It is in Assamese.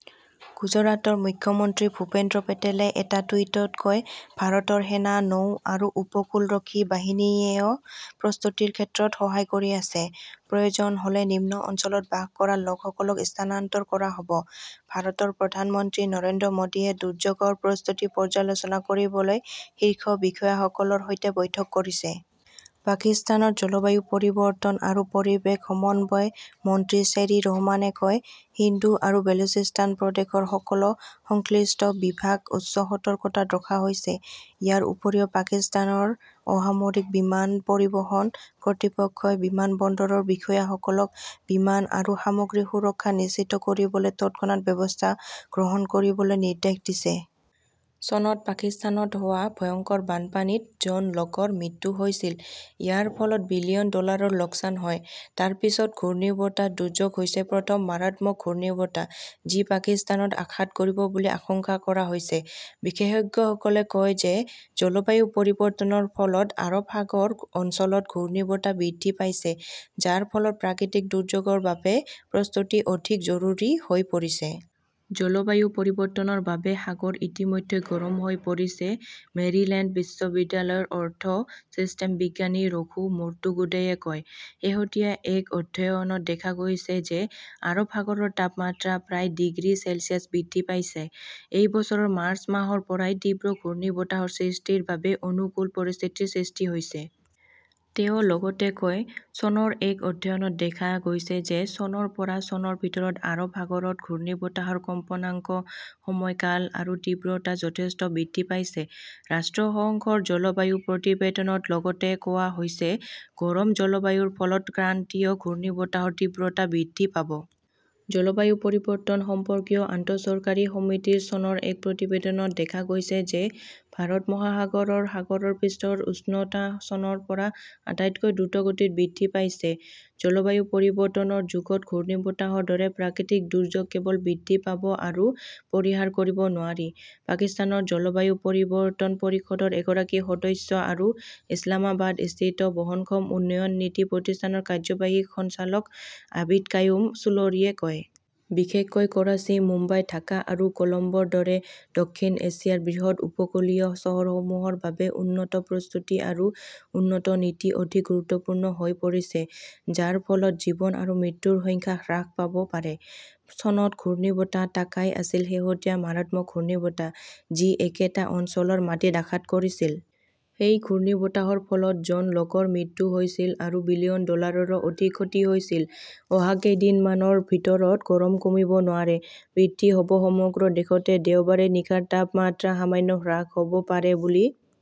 গুজৰাটৰ মুখ্যমন্ত্ৰী ভূপেন্দ্ৰ পেটেলে এটা টুইটত কয়, "ভাৰতৰ সেনা, নৌ আৰু উপকূলৰক্ষী বাহিনীয়েও প্ৰস্তুতিৰ ক্ষেত্ৰত সহায় কৰি আছে। প্ৰয়োজন হ "লে নিম্ন অঞ্চলত বাস কৰা লোকসকলক স্থানান্তৰ কৰা হ" ব। "ভাৰতৰ প্ৰধানমন্ত্ৰী নৰেন্দ্ৰ মোদীয়ে দুৰ্যোগৰ প্ৰস্তুতি পৰ্যালোচনা কৰিবলৈ শীৰ্ষ বিষয়াসকলৰ সৈতে বৈঠক কৰিছে। পাকিস্তানৰ জলবায়ু পৰিৱৰ্তন আৰু পৰিৱেশ সমন্বয় মন্ত্ৰী শ্বেৰী ৰহমানে কয়, "সিন্ধু আৰু বেলুচিস্তান প্ৰদেশৰ সকলো সংশ্লিষ্ট বিভাগ উচ্চ সতৰ্কতাত ৰখা হৈছে। "ইয়াৰ উপৰিও, পাকিস্তানৰ অসামৰিক বিমান পৰিবহণ কৰ্তৃপক্ষই বিমানবন্দৰৰ বিষয়াসকলক বিমান আৰু সামগ্ৰীৰ সুৰক্ষা নিশ্চিত কৰিবলৈ তৎক্ষণাত ব্যৱস্থা গ্ৰহণ কৰিবলৈ নিৰ্দেশ দিছে। চনত পাকিস্তানত হোৱা ভয়ংকৰ বানপানীত জন লোকৰ মৃত্যু হৈছিল। ইয়াৰ ফলত বিলিয়ন ডলাৰৰ লোকচান হয়। তাৰ পিছত ঘূৰ্ণীবতাহ "দুৰ্যোগ" হৈছে প্ৰথম মাৰাত্মক ঘূৰ্ণীবতাহ যি পাকিস্তানত আঘাত কৰিব বুলি আশংকা কৰা হৈছে। বিশেষজ্ঞসকলে কয় যে জলবায়ু পৰিৱৰ্তনৰ ফলত আৰৱ সাগৰ অঞ্চলত ঘূৰ্ণীবতাহ বৃদ্ধি পাইছে, যাৰ ফলত প্ৰাকৃতিক দুৰ্যোগৰ বাবে প্ৰস্তুতি অধিক জৰুৰী হৈ পৰিছে। "জলবায়ু পৰিৱৰ্তনৰ বাবে সাগৰ ইতিমধ্যে গৰম হৈ পৰিছে", মেৰিল্যাণ্ড বিশ্ববিদ্যালয়ৰ অৰ্থ চিষ্টেম বিজ্ঞানী ৰঘু মুৰ্টুগুডেয়ে কয়। "শেহতীয়া এক অধ্যয়নত দেখা গৈছে যে আৰৱ সাগৰৰ তাপমাত্ৰা প্ৰায় ডিগ্ৰী চেলছিয়াছ বৃদ্ধি পাইছে। এই বছৰৰ মাৰ্চ মাহৰ পৰাই তীব্ৰ ঘূৰ্ণীবতাহৰ সৃষ্টিৰ বাবে অনুকূল পৰিস্থিতিৰ সৃষ্টি হৈছে। "তেওঁ লগতে কয়", চনৰ এক অধ্যয়নত দেখা গৈছে যে চনৰ পৰা চনৰ ভিতৰত আৰৱ সাগৰত ঘূৰ্ণীবতাহৰ কম্পনাংক, সময়কাল আৰু তীব্ৰতা যথেষ্ট বৃদ্ধি পাইছে। "ৰাষ্ট্ৰসংঘৰ জলবায়ু প্ৰতিবেদনত লগতে কোৱা হৈছে", গৰম জলবায়ুৰ ফলত ক্ৰান্তীয় ঘূৰ্ণীবতাহৰ তীব্ৰতা বৃদ্ধি পাব। "জলবায়ু পৰিৱৰ্তন সম্পৰ্কীয় আন্তঃসৰকাৰী সমিতিৰ চনৰ এক প্ৰতিবেদনত দেখা গৈছে যে ভাৰত মহাসাগৰৰ সাগৰৰ পৃষ্ঠৰ উষ্ণতা চনৰ পৰা আটাইতকৈ দ্ৰুতগতিত বৃদ্ধি পাইছে। "জলবায়ু পৰিৱৰ্তনৰ যুগত ঘূৰ্ণীবতাহৰ দৰে প্ৰাকৃতিক দুৰ্যোগ কেৱল বৃদ্ধি পাব আৰু পৰিহাৰ কৰিব নোৱাৰি", পাকিস্তানৰ জলবায়ু পৰিৱৰ্তন পৰিষদৰ এগৰাকী সদস্য আৰু ইছলামাবাদস্থিত বহনক্ষম উন্নয়ন নীতি প্ৰতিষ্ঠানৰ কাৰ্যবাহী সঞ্চালক আবিদ কায়ুম চুলৰীয়ে কয়। বিশেষকৈ কৰাচী, মুম্বাই, ঢাকা আৰু কলম্বোৰ দৰে দক্ষিণ এছিয়াৰ বৃহৎ উপকূলীয় চহৰসমূহৰ বাবে উন্নত প্ৰস্তুতি আৰু উন্নত নীতি অধিক গুৰুত্বপূৰ্ণ হৈ পৰিছে; যাৰ ফলত জীৱন আৰু মৃত্যুৰ সংখ্যা হ্ৰাস পাব পাৰে। " চনত ঘূৰ্ণীবতাহ" তাকাই "আছিল শেহতীয়া মাৰাত্মক ঘূৰ্ণীবতাহ, যি একেটা অঞ্চলৰ মাটিত আঘাত কৰিছিল। সেই ঘূৰ্ণীবতাহৰ ফলত জন লোকৰ মৃত্যু হৈছিল আৰু বিলিয়ন ডলাৰৰো অধিক ক্ষতি হৈছিল। অহা কেইদিনমানৰ ভিতৰত গৰম কমিব নোৱাৰে, বৃদ্ধি হ 'ব সমগ্ৰ দেশতে দেওবাৰে নিশাৰ তাপমাত্ৰা সামান্য হ্ৰাস হ "ব পাৰে বুলি